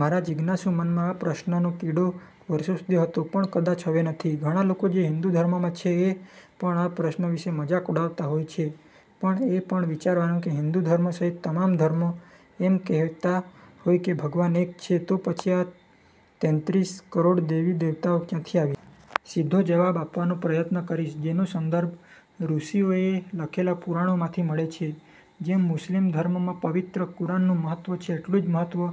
મારાં જિજ્ઞાસુ મનમાં આ પ્રશ્નનો કીડો વર્ષો સુધી હતો પણ કદાચ હવે નથી. ઘણાં લોકો જે હિંદુ ધર્મમાં છે એ પણ આ પ્રશ્ન વિશે મજાક ઉડાવતા હોય છે પણ એ પણ વિચારવાનું કે હિન્દુ ધર્મ સહિત તમામ ધર્મો એમ કહેતા હોય કે ભગવાન એક છે તો પછી આ તેત્રીસ કરોડ દેવી દેવતાઓ ક્યાંથી આવ્યા? સીધો જવાબ આપવાનો પ્રયત્ન કરીશ જેનો સંદર્ભ ઋષિઓએ લખેલાં પુરાણોમાંથી મળે છે. જેમ મુસ્લિમ ધર્મમાં પવિત્ર કુરાનનું મહત્ત્વ છે એટલું જ મહત્ત્વ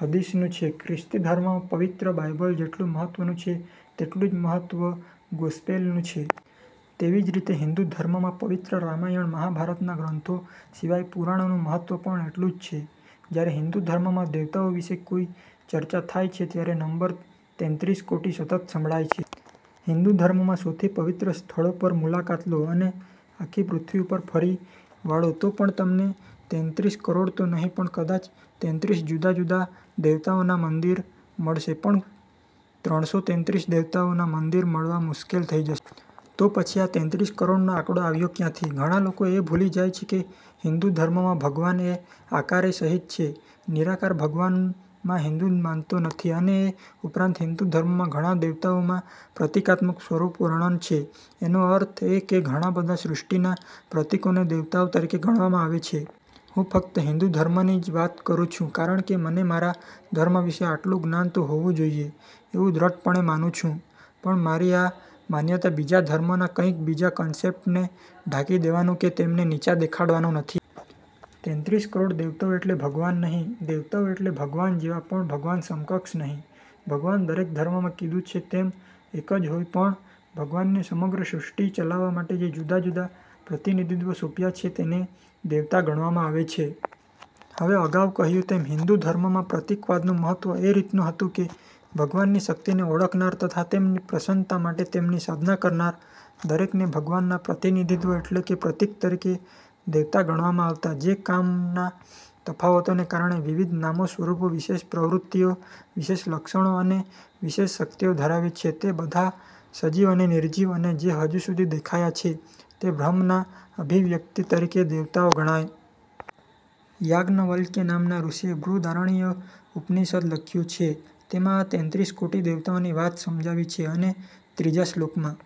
હદીસ નું છે, ખ્રિસ્તી ધર્મમાં પવિત્ર બાઇબલ જેટલું મહત્વનું, તેટલું જ મહત્વ ગોસ્પેલનું છે. તેવી જ રીતે હિન્દુ ધર્મમાં પવિત્ર રામાયણ મહાભારત ના ગ્રંથો સિવાય પુરાણોનું મહત્વ પણ એટલું જ છે. જ્યારે હિંદુ ધર્મમાં દેવતાઓ વિશે કોઈ ચર્ચા થાય છે ત્યારે નંબર તેત્રીસ કોટી સતત સંભળાય છે. હિન્દુ ધર્મના સૌથી પવિત્ર સ્થળો પર મુલાકાત લો અને આખી પૃથ્વી ઉપર ફરી વાળો તો પણ તમને તેત્રીસ કરોડ તો નહીં પણ કદાચ તેત્રીસ જુદા જુદા દેવતાઓના મંદિર મળશે પણ ત્રણસો તેત્રીસ દેવતાઓ ના મંદિર મળવા મુશ્કેલ થઈ જશે. તો પછી આ તેત્રીસ કરોડ નો આંકડો આવ્યો ક્યાંથી? ઘણા લોકો એ ભૂલી જાય છે કે હિન્દુ ધર્મમાં ભગવાન એ આકારે સહિત છે નિરાકાર ભગવાનમાં હિન્દુ માનતો નથી અને એ ઉપરાંત હિન્દુ ધર્મમાં ઘણા દેવતાઓમાં પ્રતિકાત્મક સ્વરૂપ વર્ણન છે એનો અર્થ એ કે ઘણા બધા સૃષ્ટિના પ્રતિકોને દેવતાઓ તરીકે ગણવામાં આવે છે. હું ફકત હિંદુ ધર્મની જ વાત કરું છું, કારણ કે મને મારા ધર્મ વિશે આટલું જ્ઞાન તો હોવું જોઈએ એવું દ્રઢપણે માનું છું. પણ મારી આ માન્યતા બીજા ધર્મના કોઈક બીજા કન્સેપ્ટને ઢાંકી દેવાનું કે તેમને નીચા દેખાડવાનો નથી. તેત્રીસ કરોડ દેવતાઓ એટલે ભગવાન નહી. દેવતાઓ એટલે ભગવાન જેવા, પણ ભગવાન સમકક્ષ નહી. ભગવાન દરેક ધર્મમાં કીધું છે તેમ એક જ હોય પણ ભગવાને સમગ્ર સૃષ્ટિ ચલાવવા માટે જે જુદા જુદા પ્રતિનિધિત્વ સોંપ્યા છે તેને દેવતા ગણવામાં આવે છે. હવે અગાઉ કહ્યું તેમ હિંદુ ધર્મમાં પ્રતીકવાદનું મહત્ત્વ એ રીતનું હતું કે ભગવાનની શક્તિને ઓળખનાર તથા તેમની પ્રસન્નતા માટે તેમની સાધના કરનાર દરેકને ભગવાનના પ્રતિનિધિત્વ એટલે કે પ્રતિક તરીકે દેવતા ગણવામાં આવતા. જે કામનાં તફાવતોને કારણે વિવિધ નામો, સ્વરૂપો, વિશેષ પ્રવૃત્તિઓ, વિશેષ લક્ષણો અને વિશેષ શક્તિઓ ધરાવે છે તે બધા સજીવ અને નિર્જીવ અને જે હજુ સુધી દેખાયા છે, તે બ્રહ્મના અભિવ્યક્તિ તરીકે દેવતાઓ ગણાયા. યાજ્ઞવલ્ક્ય નામનાં ઋષિએ બૃહદારણ્યક ઉપનિષદ લખ્યું છે તેમાં આ તેત્રીસ કોટી દેવતાઓની વાત સમજાવી છે અને ત્રીજા શ્લોકમાં